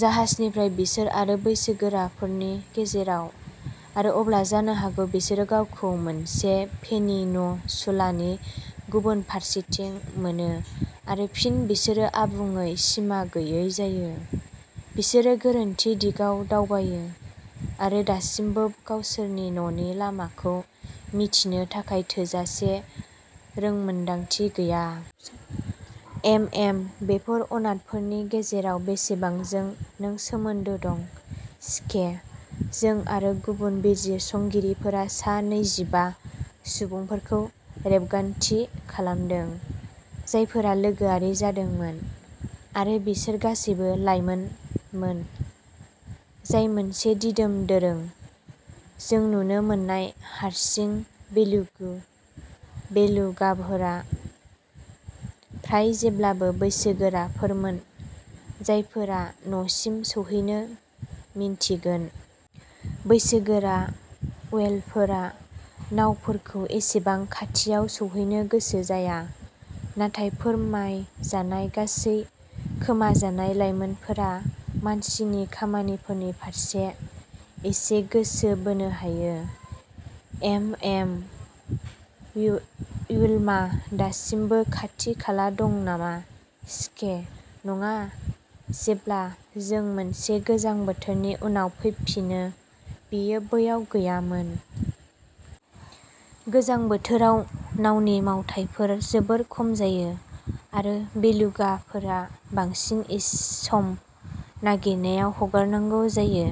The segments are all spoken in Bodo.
जाहाजनिफ्राय बिसोर आरो बैसोगोराफोरनि गेजेराव। आरो अब्ला जानो हागौ बिसोरो गावखौ मोनसे पेनिनसुलानि गुबुन फारसेथिं मोनो आरो फिन बिसोरो आबुङै सिमा गैयै जायो। बिसोरो गोरोन्थि दिगाव दावबायो आरो दासिमबो गावसोरनि न'नि लामाखौ मिन्थिनो थाखाय थोजासे रोंमोन्दांथि गैया। एमएम बेफोर अनाथफोरनि गेजेराव बेसेबांजों नों सोमोन्दो दं? सिके जों आरो गुबुन बिजिरसंगिरिफोरा सा नैजिबा सुबुंफोरखौ रेबगान्थि खालामदों जायफोरा लोगोआरि जादोंमोन आरो बिसोर गासैबो लाइमोनमोन, जाय मोनसे दिदोम दोरों। जों नुनो मोन्नाय हारसिं बेलुगाफोरा फ्राय जेब्लाबो बैसोगोराफोरमोन, जायफोरा न'सिम सौहैनो मिन्थिगोन। बैसोगोरा व्हेलफोरा नावफोरखौ एसेबां खाथियाव सौहैनो गोसो जाया, नाथाय फोरमायजानाय गासै खोमाजानाय लायमोनफोरा मानसिनि खामानिफोरनि फारसे एसे गोसो बोनो हायो। एमएम विल्मा दासिमबो खाथि-खाला दं नामा? सिके नङा। जेब्ला जों मोनसे गोजां बोथोरनि उनाव फैफिनो, बियो बैयाव गैयामोन। गोजां बोथोराव, नावनि मावथायफोरा जोबोद खम जायो, आरो बेलुगाफोरा बांसिन सम नागिरनायाव हगारनांगौ जायो।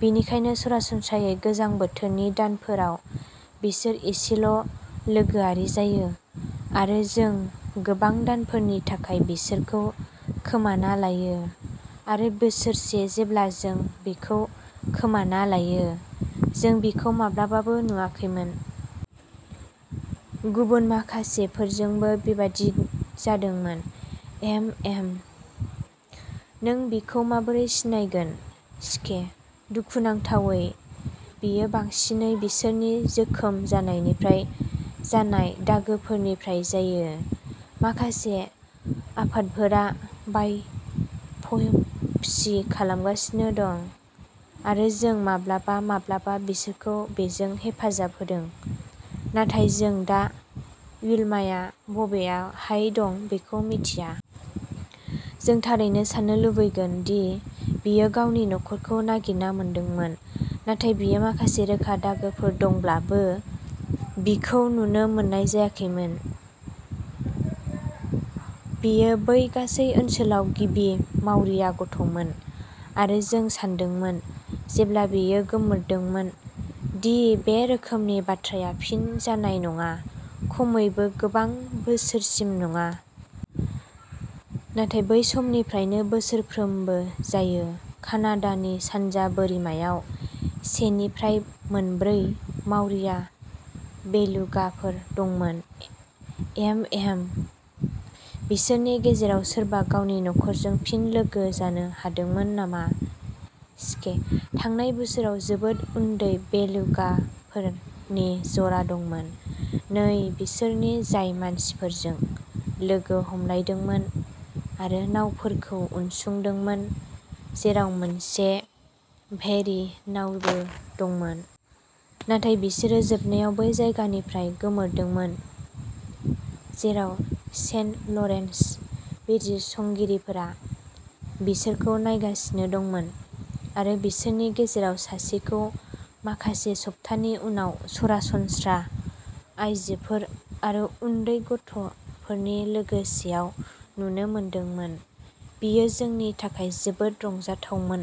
बेनिखायनो, सरासनस्रायै गोजां बोथोरनि दानफोराव बिसोर एसेल'लोगोआरि जायो आरो जों गोबां दानफोरनि थाखाय बिसोरखौ खोमाना लायो। आरो बोसोरसे जेब्ला जों बिखौ खोमाना लायो, जों बिखौ माब्लाबाबो नुवाखैमोन। गुबुन माखासेफोरजोंबो बेबादि जादोंमोन। एमएमः नों बिखौ माबोरै सिनायगोन? सिकेः दुखुनांथावै, बेयो बांसिनै बिसोरनि जोखोम जानायनिफ्राय जानाय दागोफोरनिफ्राय जायो। माखासे आफादफोरा बायपसि खालामगासिनो दं, आरो जों माब्लाबा माब्लाबा बिसोरखौ बेजों हेफाजाब होदों। नाथाय जों दा विल्माया बबेहाय दं बेखौ मिथिया। जों थारैनो साननो लुबैगोन दि बियो गावनि नखरखौ नागिरना मोनदोंमोन, नाथाय बियो माखासे रोखा दागोफोर दंब्लाबो, बिखौ नुनो मोननाय जायाखै। बियो बै गासै ओनसोलाव गिबि मावरिया गथ'मोन, आरो जों सानदोंमोन, जेब्ला बियो गोमोरदोंमोन, दि बे रोखोमनि बाथ्राया फिन जानाय नङा-खमैबो गोबां बोसोरसिम नङा। नाथाय बै समनिफ्रायनो बोसोरफ्रोमबो जायो। कानाडानि सानजा बोरिमायाव सेनिफ्राय मोनब्रै मावरिया बेलुगाफोर दंमोन। एमएमः बिसोरनि गेजेराव सोरबा गावनि नख'रजों फिन लोगो जानो हादोंमोन नामा? सिकेः थांनाय बोसोराव जोबोद उन्दै बेलुगाफोरनि जरा दंमोन, नै बोसोरनि, जाय मानसिफोरजों लोगो हमलायदोंमोन आरो नावफोरखौ उनसंदोंमोन, जेराव मोनसे फेरि नावबो दंमोन। नाथाय बिसोरो जोबनायाव बै जायगानिफ्राय गोमोरदोंमोन जेराव सेन्ट लरेन्स बिजिरसंगिरिफोरा बिसोरखौ नायगासिनो दंमोन, आरो बिसोरनि गेजेराव सासेखौ माखासे सप्तानि उनाव सरासनस्रा आइजोफोर आरो उन्दै गथ'फोरनि लोगोयाव नुनो मोनदोंमोन। बेयो जोंनि थाखाय जोबोद रंजाथावमोन।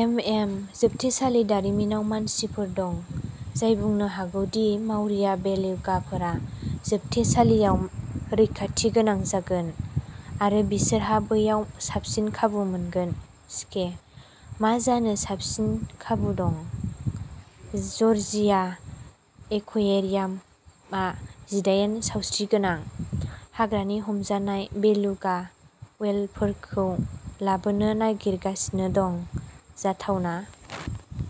एमएम जोबथेसालि दारिमिनाव मानसिफोर दं जाय बुंनो हागौ दि मावरिया बेलुगाफोरा जोबथेसालियाव रैखाथि गोनां जागोन आरो बिसोरहा बैयाव साबसिन खाबु मोनगोन। सिके मा जानो साबसिन खाबु दं? जर्जिया एक्वेरियामआ जिडाइन सावस्रिगोनां, हाग्रानि-हमजानाय बेलुगा व्हेलफोरखौ लाबोनो नागिरगासिनो दं। जाथावना।